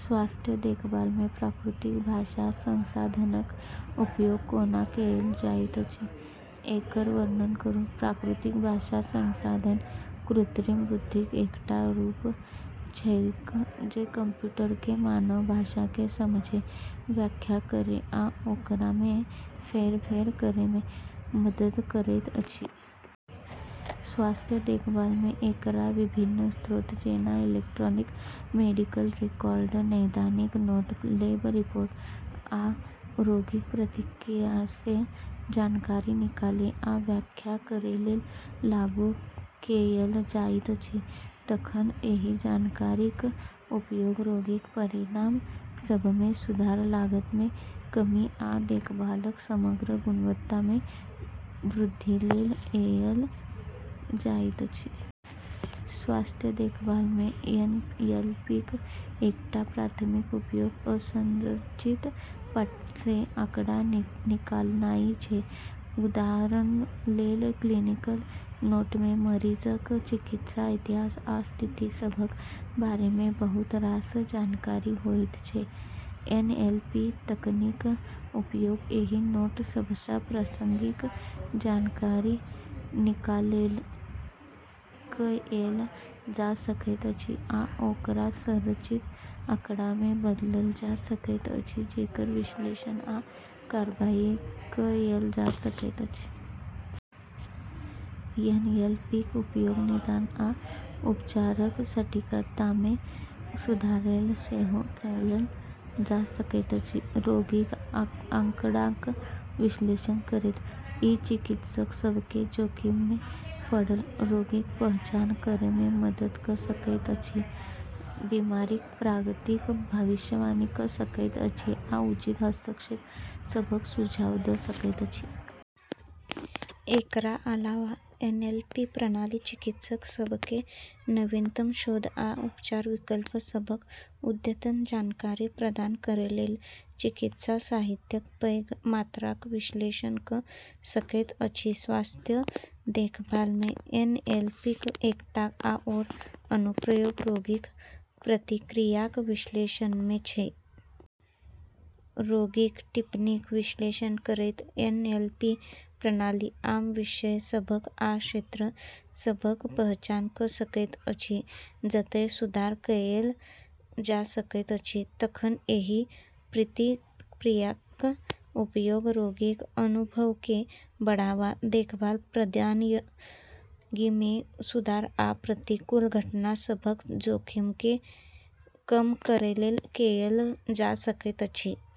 स्वास्थ्य देखभालमे प्राकृतिक भाषा संसाधनक उपयोग कोना कएल जाइत अछि, एकर वर्णन करू। प्राकृतिक भाषा संसाधन कृत्रिम बुद्धिक एकटा रूप छैक जे कंप्यूटरकेँ मानव भाषाकेँ समझै, व्याख्या करै आ ओकरामे हेरफेर करैमे मदद करैत अछि। स्वास्थ्य देखभालमे एकरा विभिन्न स्रोत जेना इलेक्ट्रॉनिक मेडिकल रिकॉर्ड, नैदानिक नोट, लैब रिपोर्ट, आ रोगीक प्रतिक्रियासँ जानकारी निकालै आ व्याख्या करैलेल लागू कएल जाइत अछि। तखन एहि जानकारीक उपयोग रोगीक परिणाम सभमे सुधार, लागतमे कमी आ देखभालक समग्र गुणवत्तामे वृद्धिलेल कएल जाइत अछि। स्वास्थ्य देखभालमे एनएलपीक एकटा प्राथमिक उपयोग असंरचित पाठसँ आंकड़ा निकालनाइ छै। उदाहरणलेल, क्लिनिकल नोटमे मरीजक चिकित्सा इतिहास आ स्थिति सभक बारेमे बहुत रास जानकारी होइत छै। एनएलपी तकनीकक उपयोग एहि नोट सभसँ प्रासंगिक जानकारी निकालैलेल कएल जा सकैत अछि, आ ओकरा संरचित आंकड़ामे बदलल जा सकैत अछि जेकर विश्लेषण आ कारबाई कएल जा सकैत अछि। एनएलपीक उपयोग निदान आ उपचारक सटीकतामे सुधारलेल सेहो कएल जा सकैत अछि। रोगीक आंकड़ाक विश्लेषण करैत, ई चिकित्सक सभकेँ जोखिममे पड़ल रोगीक पहचान करैमे मदद कऽ सकैत अछि, बीमारीक प्रगतिक भविष्यवाणी कऽ सकैत अछि आ उचित हस्तक्षेप सभक सुझाव दऽ सकैत अछि। एकरा अलावा, एनएलपी प्रणाली चिकित्सक सभकेँ नवीनतम शोध आ उपचार विकल्प सभक अद्यतन जानकारी प्रदान करैलेल चिकित्सा साहित्यक पैघ मात्राक विश्लेषण कऽ सकैत अछि। स्वास्थ्य देखभालमे एनएलपीक एकटा आओर अनुप्रयोग रोगीक प्रतिक्रियाक विश्लेषणमे छै। रोगीक टिप्पणीक विश्लेषण करैत एनएलपी प्रणाली आम विषय सभक आ क्षेत्र सभक पहचान कऽ सकैत अछि जतय सुधार कएल जा सकैत अछि। तखन एहि प्रतिक्रियाक उपयोग रोगीक अनुभवकेँ बढ़ावा, देखभाल प्रदायगीमे सुधार आ प्रतिकूल घटना सभक जोखिमकेँ कम करैलेल कएल जा सकैत अछि।